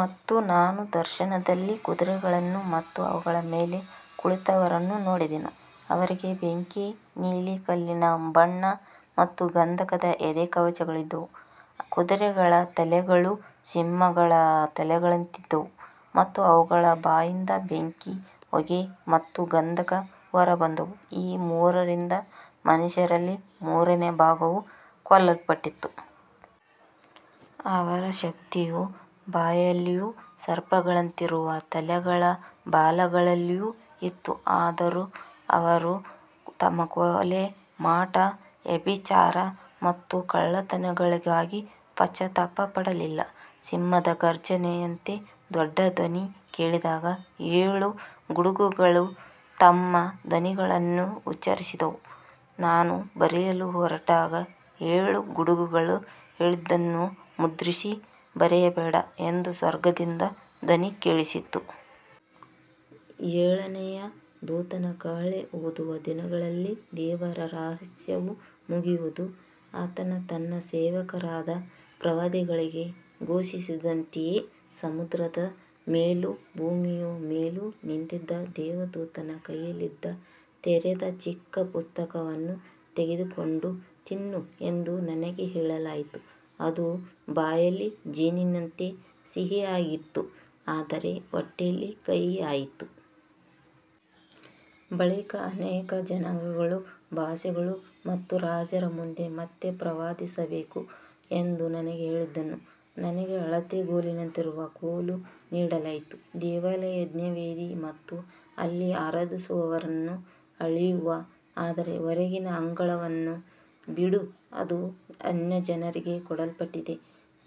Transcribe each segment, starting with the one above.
ಮತ್ತು ನಾನು ದರ್ಶನದಲ್ಲಿ ಕುದುರೆಗಳನ್ನು ಮತ್ತು ಅವುಗಳ ಮೇಲೆ ಕುಳಿತವರನ್ನು ನೋಡಿದೆನು. ಅವರಿಗೆ ಬೆಂಕಿ, ನೀಲಿ ಕಲ್ಲಿನ ಬಣ್ಣ ಮತ್ತು ಗಂಧಕದ ಎದೆಕವಚಗಳಿದ್ದವು. ಕುದುರೆಗಳ ತಲೆಗಳು ಸಿಂಹಗಳ ತಲೆಗಳಂತಿದ್ದವು ಮತ್ತು ಅವುಗಳ ಬಾಯಿಂದ ಬೆಂಕಿ, ಹೊಗೆ ಮತ್ತು ಗಂಧಕ ಹೊರಬಂದವು. ಈ ಮೂರರಿಂದ ಮನುಷ್ಯರಲ್ಲಿ ಮೂರನೇ ಭಾಗವು ಕೊಲ್ಲಲ್ಪಟ್ಟಿತು. ಅವರ ಶಕ್ತಿಯು ಬಾಯಲ್ಲಿಯೂ ಸರ್ಪಗಳಂತಿರುವ ತಲೆಗಳ ಬಾಲಗಳಲ್ಲಿಯೂ ಇತ್ತು. ಆದರೂ ಅವರು ತಮ್ಮ ಕೊಲೆ, ಮಾಟ, ವ್ಯಭಿಚಾರ ಮತ್ತು ಕಳ್ಳತನಗಳಿಗಾಗಿ ಪಶ್ಚಾತ್ತಾಪಪಡಲಿಲ್ಲ. ಸಿಂಹದ ಘರ್ಜನೆಯಂತೆ ದೊಡ್ಡ ಧ್ವನಿ ಕೇಳಿದಾಗ ಏಳು ಗುಡುಗುಗಳು ತಮ್ಮ ಧ್ವನಿಗಳನ್ನು ಉಚ್ಚರಿಸಿದವು. ನಾನು ಬರೆಯಲು ಹೊರಟಾಗ, ಏಳು ಗುಡುಗುಗಳು ಹೇಳಿದ್ದನ್ನು ಮುದ್ರಿಸಿ ಬರೆಯಬೇಡ ಎಂದು ಸ್ವರ್ಗದಿಂದ ಧ್ವನಿ ಕೇಳಿಸಿತು. ಏಳನೆಯ ದೂತನು ಕಹಳೆ ಊದುವ ದಿನಗಳಲ್ಲಿ ದೇವರ ರಹಸ್ಯವು ಮುಗಿಯುವುದು, ಆತನು ತನ್ನ ಸೇವಕರಾದ ಪ್ರವಾದಿಗಳಿಗೆ ಘೋಷಿಸಿದಂತೆಯೇ. ಸಮುದ್ರದ ಮೇಲೂ ಭೂಮಿಯ ಮೇಲೂ ನಿಂತಿದ್ದ ದೇವದೂತನ ಕೈಯಲ್ಲಿದ್ದ ತೆರೆದ ಚಿಕ್ಕ ಪುಸ್ತಕವನ್ನು ತೆಗೆದುಕೊಂಡು ತಿನ್ನು ಎಂದು ನನಗೆ ಹೇಳಲಾಯಿತು. ಅದು ಬಾಯಲ್ಲಿ ಜೇನಿನಂತೆ ಸಿಹಿಯಾಗಿತ್ತು, ಆದರೆ ಹೊಟ್ಟೆಯಲ್ಲಿ ಕಹಿಯಾಯಿತು. ಬಳಿಕ ಅನೇಕ ಜನಾಂಗಗಳು, ಭಾಷೆಗಳು ಮತ್ತು ರಾಜರ ಮುಂದೆ ಮತ್ತೆ ಪ್ರವಾದಿಸಬೇಕು ಎಂದು ನನಗೆ ಹೇಳಿದನು. ನನಗೆ ಅಳತೆಗೋಲಿನಂತಿರುವ ಕೋಲು ನೀಡಲಾಯಿತು. ದೇವಾಲಯ, ಯಜ್ಞವೇದಿ ಮತ್ತು ಅಲ್ಲಿ ಆರಾಧಿಸುವವರನ್ನು ಅಳೆಯು, ಆದರೆ ಹೊರಗಿನ ಅಂಗಳವನ್ನು ಬಿಡು, ಅದು ಅನ್ಯಜನರಿಗೆ ಕೊಡಲ್ಪಟ್ಟಿದೆ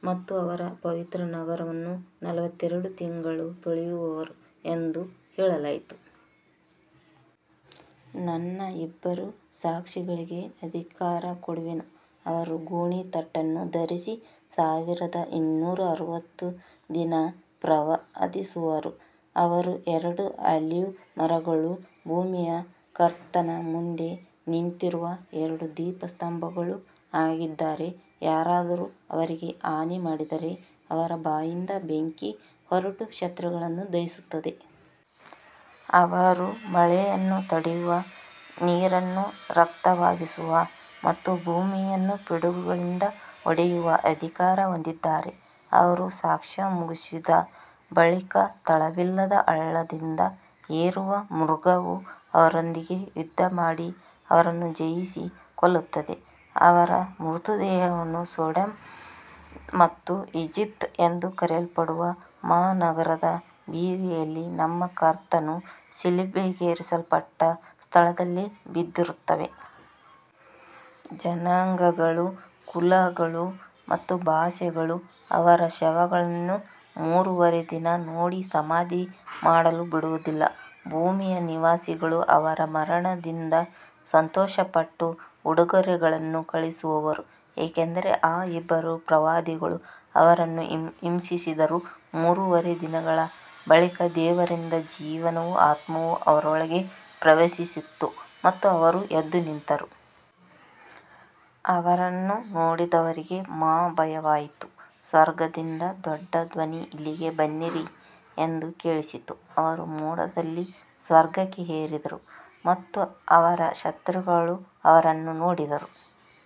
ಮತ್ತು ಅವರು ಪವಿತ್ರ ನಗರವನ್ನು ನಲವತ್ತೆರಡು ತಿಂಗಳು ತುಳಿಯುವರು ಎಂದು ಹೇಳಲಾಯಿತು. ನನ್ನ ಇಬ್ಬರು ಸಾಕ್ಷಿಗಳಿಗೆ ಅಧಿಕಾರ ಕೊಡುವೆನು. ಅವರು ಗೋಣಿತಟ್ಟನ್ನು ಧರಿಸಿ ಸಾವಿರದ ಇನ್ನೂರ ಅರವತ್ತು ದಿನ ಪ್ರವಾದಿಸುವರು. ಅವರು ಎರಡು ಆಲಿವ್ ಮರಗಳೂ ಭೂಮಿಯ ಕರ್ತನ ಮುಂದೆ ನಿಂತಿರುವ ಎರಡು ದೀಪಸ್ತಂಭಗಳೂ ಆಗಿದ್ದಾರೆ. ಯಾರಾದರೂ ಅವರಿಗೆ ಹಾನಿಮಾಡಿದರೆ ಅವರ ಬಾಯಿಂದ ಬೆಂಕಿ ಹೊರಟು ಶತ್ರುಗಳನ್ನು ದಹಿಸುತ್ತದೆ. ಅವರು ಮಳೆಯನ್ನು ತಡೆಯುವ, ನೀರನ್ನು ರಕ್ತವಾಗಿಸುವ ಮತ್ತು ಭೂಮಿಯನ್ನು ಪಿಡುಗುಗಳಿಂದ ಹೊಡೆಯುವ ಅಧಿಕಾರ ಹೊಂದಿದ್ದಾರೆ. ಅವರು ಸಾಕ್ಷ್ಯ ಮುಗಿಸಿದ ಬಳಿಕ ತಳವಿಲ್ಲದ ಹಳ್ಳದಿಂದ ಏರುವ ಮೃಗವು ಅವರೊಂದಿಗೆ ಯುದ್ಧಮಾಡಿ ಅವರನ್ನು ಜಯಿಸಿ ಕೊಲ್ಲುತ್ತದೆ. ಅವರ ಮೃತದೇಹಗಳು ಸೊಡೊಮ್ ಮತ್ತು ಈಜಿಪ್ಟ್ ಎಂದು ಕರೆಯಲ್ಪಡುವ ಮಹಾನಗರದ ಬೀದಿಯಲ್ಲಿ, ನಮ್ಮ ಕರ್ತನು ಶಿಲುಬೆಗೇರಿಸಲ್ಪಟ್ಟ ಸ್ಥಳದಲ್ಲಿ, ಬಿದ್ದಿರುತ್ತವೆ. ಜನಾಂಗಗಳು, ಕುಲಗಳು ಮತ್ತು ಭಾಷೆಗಳು ಅವರ ಶವಗಳನ್ನು ಮೂರೂವರೆ ದಿನ ನೋಡಿ ಸಮಾಧಿ ಮಾಡಲು ಬಿಡುವುದಿಲ್ಲ. ಭೂಮಿಯ ನಿವಾಸಿಗಳು ಅವರ ಮರಣದಿಂದ ಸಂತೋಷಪಟ್ಟು ಉಡುಗೊರೆಗಳನ್ನು ಕಳುಹಿಸುವರು, ಏಕೆಂದರೆ ಆ ಇಬ್ಬರು ಪ್ರವಾದಿಗಳು ಅವರನ್ನು ಹಿಂಸಿಸಿದ್ದರು. ಮೂರೂವರೆ ದಿನಗಳ ಬಳಿಕ ದೇವರಿಂದ ಜೀವದ ಆತ್ಮವು ಅವರೊಳಗೆ ಪ್ರವೇಶಿಸಿತು ಮತ್ತು ಅವರು ಎದ್ದು ನಿಂತರು. ಅವರನ್ನು ನೋಡಿದವರಿಗೆ ಮಹಾಭಯವಾಯಿತು. ಸ್ವರ್ಗದಿಂದ ದೊಡ್ಡ ಧ್ವನಿ, ಇಲ್ಲಿಗೆ ಬನ್ನಿರಿ, ಎಂದು ಕೇಳಿಸಿತು. ಅವರು ಮೋಡದಲ್ಲಿ ಸ್ವರ್ಗಕ್ಕೆ ಏರಿದರು ಮತ್ತು ಅವರ ಶತ್ರುಗಳು ಅವರನ್ನು ನೋಡಿದರು.